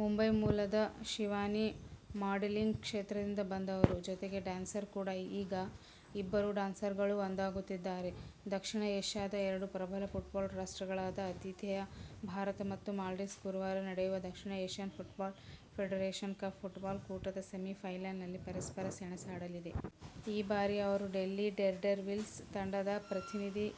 ಮುಂಬೈ ಮೂಲದ ಶಿವಾನಿ ಮಾಡೆಲಿಂಗ್ ಕ್ಷೇತ್ರದಿಂದ ಬಂದವರು. ಜೊತೆಗೆ ಡ್ಯಾನ್ಸರ್ ಕೂಡಾ. ಈಗ ಇಬ್ಬರು ಡ್ಯಾನ್ಸರ್ಗಳು ಒಂದಾಗುತ್ತಿದ್ದಾರೆ. ದಕ್ಷಿಣ ಏಶ್ಯದ ಎರಡು ಪ್ರಬಲ ಫುಟ್ಬಾಲ್ ರಾಷ್ಟ್ರಗಳಾದ ಆತಿ ಥೇಯ ಭಾರತ ಮತ್ತು ಮಾಲ್ದೀವ್ಸ್ ಗುರುವಾರ ನಡೆಯುವ ದಕ್ಷಿಣ Asian Football Federation Cup football ಕೂಟದ ಸೆಮಿಫೈನಲ್ನಲ್ಲಿ ಪರಸ್ಪರ ಸೆಣಸಾಡಲಿದೆ. ಈ ಬಾರಿ ಅವರು ಡೆಲ್ಲಿ ಡೇರ್ಡೆವಿಲ್ಸ್ ತಂಡದ ಪ್ರತಿನಿಧಿ.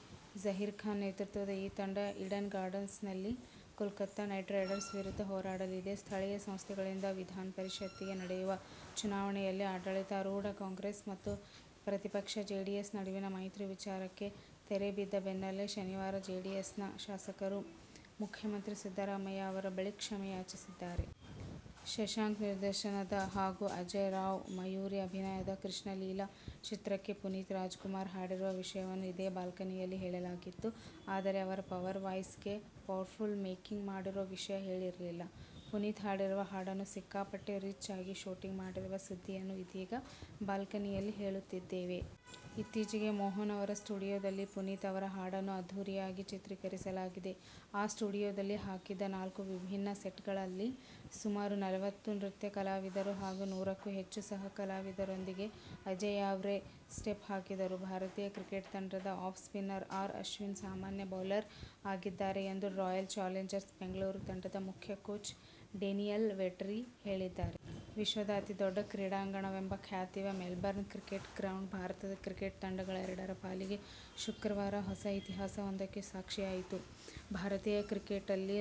ಜಹೀರ್ ಖಾನ್ ನೇತೃತ್ವದ ಈ ತಂಡ "ಈಡನ್ ಗಾರ್ಡನ್ಸ್'ನಲ್ಲಿ ಕೋಲ್ಕತಾ ನೈಟ್ರೈಡರ್ ವಿರುದ್ಧ ಹೋರಾಡಲಿದೆ. ಸ್ಥಳೀಯ ಸಂಸ್ಥೆಗಳಿಂದ ವಿಧಾನಪರಿಷತ್ತಿಗೆ ನಡೆಯುವ ಚುನಾವಣೆಯಲ್ಲಿ ಆಡಳಿತಾರೂಢ ಕಾಂಗ್ರೆಸ್ ಮತ್ತು ಪ್ರತಿಪಕ್ಷ ಜೆಡಿಎಸ್ ನಡುವಿನ ಮೈತ್ರಿ ವಿಚಾರಕ್ಕೆ ತೆರೆ ಬಿದ್ದ ಬೆನ್ನಲ್ಲೇ ಶನಿವಾರ ಜೆಡಿಎಸ್ನ ಶಾಸಕರು ಮುಖ್ಯಮಂತ್ರಿ ಸಿದ್ದರಾಮಯ್ಯ ಅವರು ಬಳಿ ಕ್ಷಮೆ ಯಾಚಿಸಿದ್ದಾರೆ. ಶಶಾಂಕ್ ನಿರ್ದೇಶನದ ಹಾಗು ಅಜೇಯ್ ರಾವ್, ಮಯೂರಿ ಅಭಿನಯದ "ಕೃಷ್ಣಲೀಲ' ಚಿತ್ರಕ್ಕೆ ಪುನೀತ್ ರಾಜ್ಕುಮಾರ್ ಹಾಡಿರುವ ವಿಷಯವನ್ನು ಇದೇ ಬಾಲ್ಕನಿಯಲ್ಲಿ ಹೇಳಲಾಗಿತ್ತು. ಆದರೆ, ಅವರ "ಪವರ್ ವಾಯ್ಸ'ಗೆ ಪವರ್ಫುಲ್ ಮೇಕಿಂಗ್ ಮಾಡಿರೋ ವಿಷಯ ಹೇಳಿರಲಿಲ್ಲ. ಪುನೀತ್ ಹಾಡಿರುವ ಹಾಡನ್ನು ಸಿಕ್ಕಾಪಟ್ಟೆ ರಿಚ್ ಆಗಿ ಶೂಟಿಂಗ್ ಮಾಡಿರುವ ಸುದ್ದಿಯನ್ನು ಇದೀಗ ಬಾಲ್ಕನಿಯಲ್ಲಿ ಹೇಳುತ್ತಿದ್ದೇವೆ. ಇತ್ತೀಚೆಗೆ ಮೋಹನ್ ಅವರ ಸ್ಟುಡಿಯೋದಲ್ಲಿ ಪುನೀತ್ ಅವರ ಹಾಡನ್ನು ಅದ್ಧೂರಿಯಾಗಿ ಚಿತ್ರೀಕರಿಸಲಾಗಿದೆ. ಆ ಸ್ಟುಡಿಯೋದಲ್ಲಿ ಹಾಕಿದ್ದ ನಾಲ್ಕು ವಿಭಿನ್ನ ಸೆಟ್ಗಳಲ್ಲಿ ಸುಮಾರು ನಲವತ್ತು ನೃತ್ಯ ಕಲಾವಿದರು ಹಾಗು ನೂರಕ್ಕು ಹೆಚ್ಚು ಸಹಕಲಾವಿದರೊಂದಿಗೆ ಅಜೇಯ್ರಾವ್ ಸ್ಟೆಪ್ ಹಾಕಿದರು. ಭಾರತೀಯ ಕ್ರಿಕೆಟ್ ತಂಡದ ಆಫ್ ಸ್ಪಿನ್ನರ್ ಆರ್. ಅಶ್ವಿನ್ ಅಸಾಮಾನ್ಯ ಬೌಲರ್ ಆಗಿದ್ದಾರೆ ಎಂದು ರಾಯಲ್ ಚಾಲೆಂಜರ್ ಬೆಂಗಳೂರ್ ತಂಡದ ಮುಖ್ಯ ಕೋಚ್ ಡೇನಿಯಲ್ ವೆಟರಿ ಹೇಳಿದ್ದಾರೆ. ವಿಶ್ವದ ಅತಿ ದೊಡ್ಡ ಕ್ರೀಡಾಂಗಣವೆಂಬ ಖ್ಯಾತಿಯ "ಮೆಲ್ಬರ್ನ್ ಕ್ರಿಕೆಟ್ ಗ್ರೌಂಡ್' ಭಾರತದ ಕ್ರಿಕೆಟ್ ತಂಡಗಳೆಡರ ಪಾಲಿಗೆ ಶುಕ್ರವಾರ ಹೊಸ ಇತಿಹಾಸವೊಂದಕ್ಕೆ ಸಾಕ್ಷಿಯಾಯಿತು. ಭಾರತೀಯ ಕ್ರಿಕೆಟ್ನಲ್ಲಿ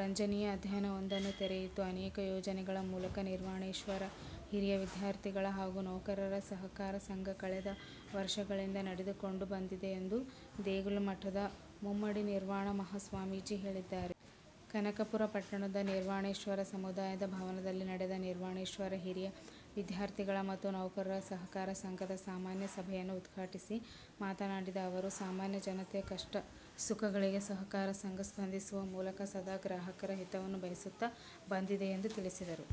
ರಂಜನೀಯ ಅಧ್ಯಾಯವೊಂದನ್ನು ತೆರೆಯಿತು. ಅನೇಕ ಯೋಜನೆಗಳ ಮೂಲಕ ನಿರ್ವಾಣೇಶ್ವರ ಹಿರಿಯ ವಿದ್ಯಾರ್ಥಿಗಳ ಮತ್ತು ನೌಕರರ ಸಹಕಾರ ಸಂಘ ಕಳೆದ ವರ್ಷಗಳಿಂದ ನಡೆದುಕೊಂಡು ಬಂದಿದೆ ಎಂದು ದೇಗುಲ ಮಠದ ಮುಮ್ಮಡಿ ನಿರ್ವಾಣ ಮಹಾಸ್ವಾಮೀಜಿ ಹೇಳಿದ್ದಾರೆ. ಕನಕಪುರ ಪಟ್ಟಣದ ನಿರ್ವಾಣೇಶ್ವರ ಸಮುದಾಯ ಭವನದಲ್ಲಿ ನಡೆದ ನಿರ್ವಾಣೇಶ್ವರ ಹಿರಿಯ ವಿದ್ಯಾರ್ಥಿಗಳ ಮತ್ತು ನೌಕರರ ಸಹಕಾರ ಸಂಘದ ಸಾಮಾನ್ಯ ಸಭೆಯನ್ನು ಉದ್ಘಾಟಿಸಿ ಮಾತನಾಡಿದ ಅವರು, ಸಾಮಾನ್ಯ ಜನತೆಯ ಕಷ್ಟ ಸುಖಗಳಿಗೆ ಸಹಕಾರ ಸಂಘ ಸ್ಪಂದಿಸುವ ಮೂಲಕ ಸದಾ ಗ್ರಾಹಕರ ಹಿತವನ್ನು ಬಯಸುತ್ತಾ ಬಂದಿದೆ ಎಂದು ತಿಳಿಸಿದರು.